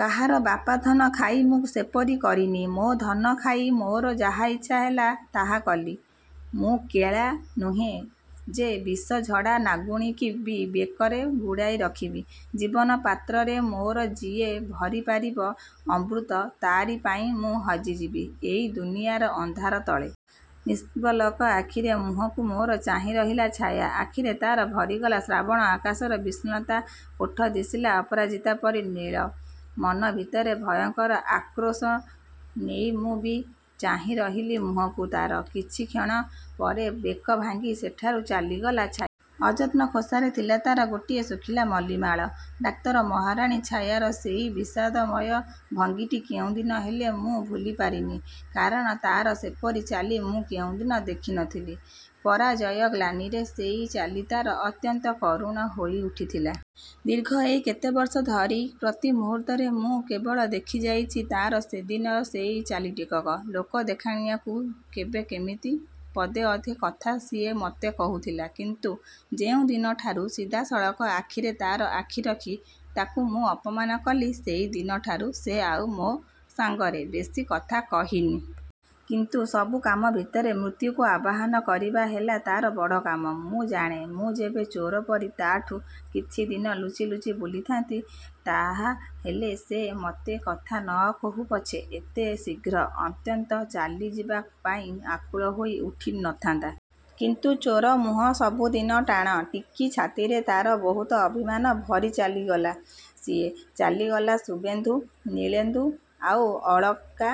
କାହାର ବାପାଧନ ଖାଇ ମୁଁ ସେପରି କରିନି। ମୋ ଧନ ଖାଇ ମୋର ଯାହା ଇଚ୍ଛା ହେଲା ତାହା କଲି। ମୁଁ କେଳା ନୁହେଁ ଯେ, ବିଷଝଡ଼ା ନାଗୁଣୀକି ବି ବେକରେ ଗୁଡ଼ାଇ ରଖିବି। ଜୀବନ ପାତ୍ରରେ ମୋର ଯିଏ ଭରି ପାରିବ ଅମୃତ, ତା'ରି ପାଇଁ ମୁଁ ହଜିଯିବି ଏଇ ଦୁନିଆର ଅନ୍ଧାର ତଳେ। ନିଷ୍ପଲକ ଆଖିରେ ମୁହଁକୁ ମୋର ଚାହିଁ ରହିଲା ଛାୟା। ଆଖିରେ ତା'ର ଭରିଗଲା ଶ୍ରାବଣ ଆକାଶର ବିଷନ୍ନତା। ଓଠ ଦିଶିଲା ଅପରାଜିତା ପରି ନୀଳ। ମନ ଭିତରେ ଭୟଙ୍କର ଆକ୍ରୋଶ ନେଇ ମୁଁ ବି ଚାହିଁ ରହିଲି ମୁହଁକୁ ତା'ର। କିଛି କ୍ଷଣ ପରେ ବେକ ଭାଙ୍ଗି ସେଠାରୁ ଚାଲିଗଲା ଛା ଅଯତ୍ନ ଖୋସାରେ ଥିଲା ତା'ର ଗୋଟିଏ ଶୁଖିଲା ମଲ୍ଲୀ ମାଳ। ଡାକ୍ତର, ମହାରାଣୀ ଛାୟାର ସେଇ ବିଷାଦମୟ ଭଙ୍ଗୀଟି କେଉଁଦିନ ହେଲେ ମୁଁ ଭୁଲି ପାରିନି। କାରଣ ତା'ର ସେପରି ଚାଲି ମୁଁ କେଉଁଦିନ ଦେଖି ନଥିଲି। ପରାଜୟ ଗ୍ଳାନିରେ ସେଇ ଚାଲି ତା'ର ଅତ୍ୟନ୍ତ କରୁଣ ହୋଇ ଉଠିଥିଲା। ଦୀର୍ଘ ଏଇ କେତେ ବର୍ଷ ଧରି ପ୍ରତି ମୁହୂର୍ତ୍ତରେ ମୁଁ କେବଳ ଦେଖିଯାଇଛି ତା'ର ସେଦିନର ସେଇ ଚାଲିଟିକକ। ଲୋକ ଦେଖାଣିଆକୁ କେବେ କେମିତି ପଦେ ଅଧେ କଥା ସିଏ ମତେ କହୁଥିଲା। କିନ୍ତୁ ଯେଉଁଦିନଠାରୁ ସିଧାସଳଖ ଆଖିରେ ତା'ର ଆଖି ରଖି ତାକୁ ମୁଁ ଅପମାନ କଲି, ସେଇଦିନଠାରୁ ସେ ଆଉ ମୋ ସାଙ୍ଗରେ ବେଶୀ କଥା କହିନି। କିନ୍ତୁ ସବୁ କାମ ଭିତରେ ମୃତ୍ୟୁକୁ ଆବାହନ କରିବା ହେଲା ତା'ର ବଡ଼ କାମ। ମୁଁ ଜାଣେ ମୁଁ ଯେବେ ଚୋର ପରି ତା'ଠୁ କିଛି ଦିନ ଲୁଚି ଲୁଚି ବୁଲିଥାଆନ୍ତି, ତାହାହେଲେ ସେ ମତେ କଥା ନ କହୁ ପଛେ ଏତେ ଶୀଘ୍ର ଅତ୍ୟନ୍ତ ଚାଲି ଯିବା ପାଇଁ ଆକୁଳ ହୋଇ ଉଠି ନଥାନ୍ତା। କିନ୍ତୁ ଚୋର ମୁହଁ ସବୁଦିନ ଟାଣ। ଟିକି ଛାତିରେ ତା'ର ବହୁତ ଅଭିମାନ ଭରି ଚାଲିଗଲା ସିଏ। ଚାଲିଗଲା ଶୁଭେନ୍ଦୁ, ନୀଳେନ୍ଦୁ, ଆଉ ଅଳକା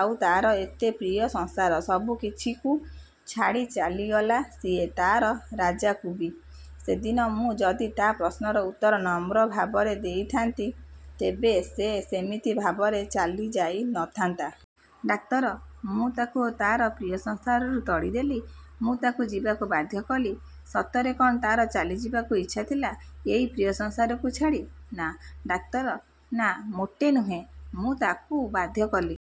ଆଉ ତା'ର ଏତେ ପ୍ରିୟ ସଂସାର ସବୁକିଛିକୁ ଛାଡ଼ି। ଛାଡ଼ିଗଲା ସିଏ ତା'ର ରାଜାକୁ ବି। ସେଦିନ ମୁଁ ଯଦି ତା' ପ୍ରଶ୍ନର ଉତ୍ତର ନମ୍ର ଭାବରେ ଦେଇଥାଆନ୍ତି ତେବେ ସେ ସେମିତି ଭାବରେ ଚାଲି ଯାଇ ନଥାଆନ୍ତା। ଡାକ୍ତର, ମୁଁ ତାକୁ ତା'ର ପ୍ରିୟ ସଂସାରରୁ ତଡ଼ି ଦେଲି। ମୁଁ ତାକୁ ଯିବାକୁ ବାଧ୍ୟ କଲି। ସତରେ କ'ଣ ତା'ର ଚାଲି ଯିବାକୁ ଇଚ୍ଛା ଥିଲା ଏଇ ପ୍ରିୟ ସଂସାରକୁ ଛାଡ଼ି! ନା ଡାକ୍ତର, ନା, ମୋଟେ ନୁହେଁ। ମୁଁ ତାକୁ ବାଧ୍ୟ କଲି।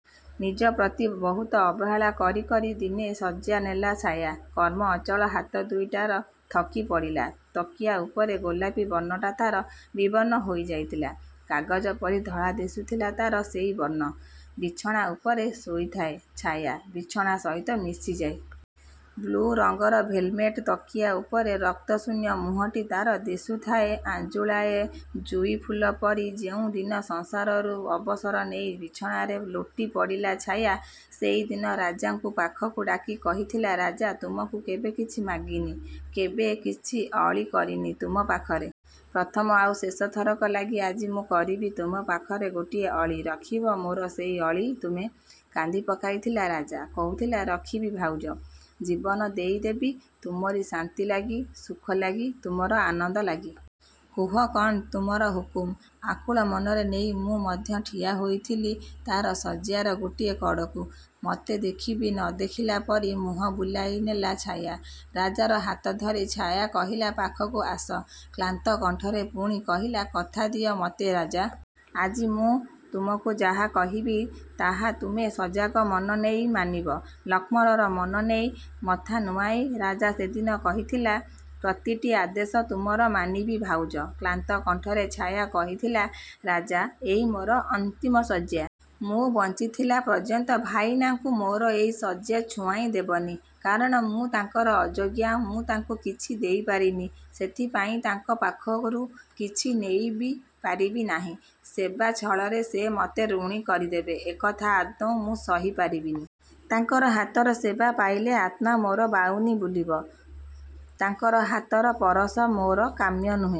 ନିଜ ପ୍ରତି ବହୁତ ଅବହେଳା କରି କରି ଦିନେ ଶଯ୍ୟା ନେଲା ଛାୟା। କର୍ମଅଞ୍ଚଳ ହାତ ଦୁଇଟି ଆ'ର ଥକି ପଡ଼ିଲା ତକିଆ ଉପରେ। ଗୋଲାପୀ ବର୍ଣ୍ଣଟା ତା'ର ବିବର୍ଣ୍ଣ ହୋଇ ଯାଇଥିଲା। କାଗଜ ପରି ଧଳା ଦିଶୁଥିଲା ତା'ର ସେଇ ବର୍ଣ୍ଣ। ବିଛଣା ଉପରେ ଶୋଇଥାଏ ଛାୟା, ବିଛଣା ସହିତ ମିଶି ଯାଇ। ବ୍ଲୁ ରଙ୍ଗର ଭେଲ୍‌ଭେଟ୍ ତକିଆ ଉପରେ ରକ୍ତଶୂନ୍ୟ ମୁହଁଟି ତା'ର ଦିଶୁଥାଏ ଆଞ୍ଜୁଳାଏ ଜୁଇଫୁଲ ପରି। ଯେଉଁଦିନ ସଂସାରରୁ ଅବସର ନେଇ ବିଛଣାରେ ଲୋଟି ପଡ଼ିଲା ଛାୟା, ସେଇଦିନ ରାଜାକୁ ପାଖକୁ ଡାକି କହିଥିଲା ରାଜା, ତୁମକୁ କେବେ କିଛି ମାଗିନି। କେବେ କିଛି ଅଳି କରିନି ତୁମ ପାଖରେ। ପ୍ରଥମ ଆଉ ଶେଷ ଥରକ ଲାଗି ଆଜି ମୁଁ କରିବି ତୁମ ପାଖରେ ଗୋଟିଏ ଅଳି। ରଖିବ ମୋର ସେଇ ଅଳି ତୁମେ? କାନ୍ଦି ପକାଇଥିଲା ରାଜା। କହୁଥିଲା ରଖିବି ଭାଉଜ। ଜୀବନ ଦେଇ ଦେବି ତୁମରି ଶାନ୍ତି ଲାଗି, ସୁଖ ଲାଗି, ତୁମର ଆନନ୍ଦ ଲାଗି। କୁହ, କ'ଣ ତୁମର ହୁକୁମ। ଆକୁଳ ମନରେ ନେଇ ମୁଁ ମଧ୍ୟ ଠିଆ ହୋଇଥିଲି ତା'ର ଶଯ୍ୟାର ଗୋଟିଏ କଡ଼କୁ। ମତେ ଦେଖି ବି ନ ଦେଖିଲା ପରି ମୁହଁ ବୁଲାଇ ନେଲା ଛାୟା। ରାଜାର ହାତ ଧରି ଛାୟା କହିଲା ପାଖକୁ ଆସ। କ୍ଳାନ୍ତ କଣ୍ଠରେ ପୁଣି କହିଲା କଥା ଦିଅ ମତେ ରାଜା। ଆଜି ମୁଁ ତୁମକୁ ଯାହା କହିବି, ତାହା ତୁମେ ସଜାଗ ମନ ନେଇ ମାନିବ। ଲକ୍ଷ୍ମଣର ମନ ନେଇ ମଥା ନୁଆଁଇ ରାଜା ସେଦିନ କହିଥିଲା ପ୍ରତିଟି ଆଦେଶ ତୁମର ମାନିବି ଭାଉଜ। କ୍ଳାନ୍ତ କଣ୍ଠରେ ଛାୟା କହିଥିଲା ରାଜା! ଏଇ ମୋର ଅନ୍ତିମ ଶଯ୍ୟା। ମୁଁ ବଞ୍ଚିଥିଲା ପର୍ଯ୍ୟନ୍ତ ଭାଇନାଙ୍କୁ ମୋର ଏଇ ଶଯ୍ୟା ଛୁଆଁଇ ଦେବନି। କାରଣ ମୁଁ ତାଙ୍କର ଅଯୋଗ୍ୟା। ମୁଁ ତାଙ୍କୁ କିଛି ଦେଇ ପାରିନି ସେଥିପାଇଁ ତାଙ୍କ ପାଖଘରୁ କିଛି ନେଇ ବି ପାରିବି ନାହିଁ। ସେବା ଛଳରେ ସେ ମତେ ଋଣୀ କରିଦେବେ ଏକଥା ଆଦୌ ମୁଁ ସହି ପାରିବିନି। ତାଙ୍କର ହାତର ସେବା ପାଇଲେ ଆତ୍ମା ମୋର ବାହୁନି ବୁଲିବ। ତାଙ୍କର ହାତର ପରଶ ମୋର କାମ୍ୟ ନୁହେଁ।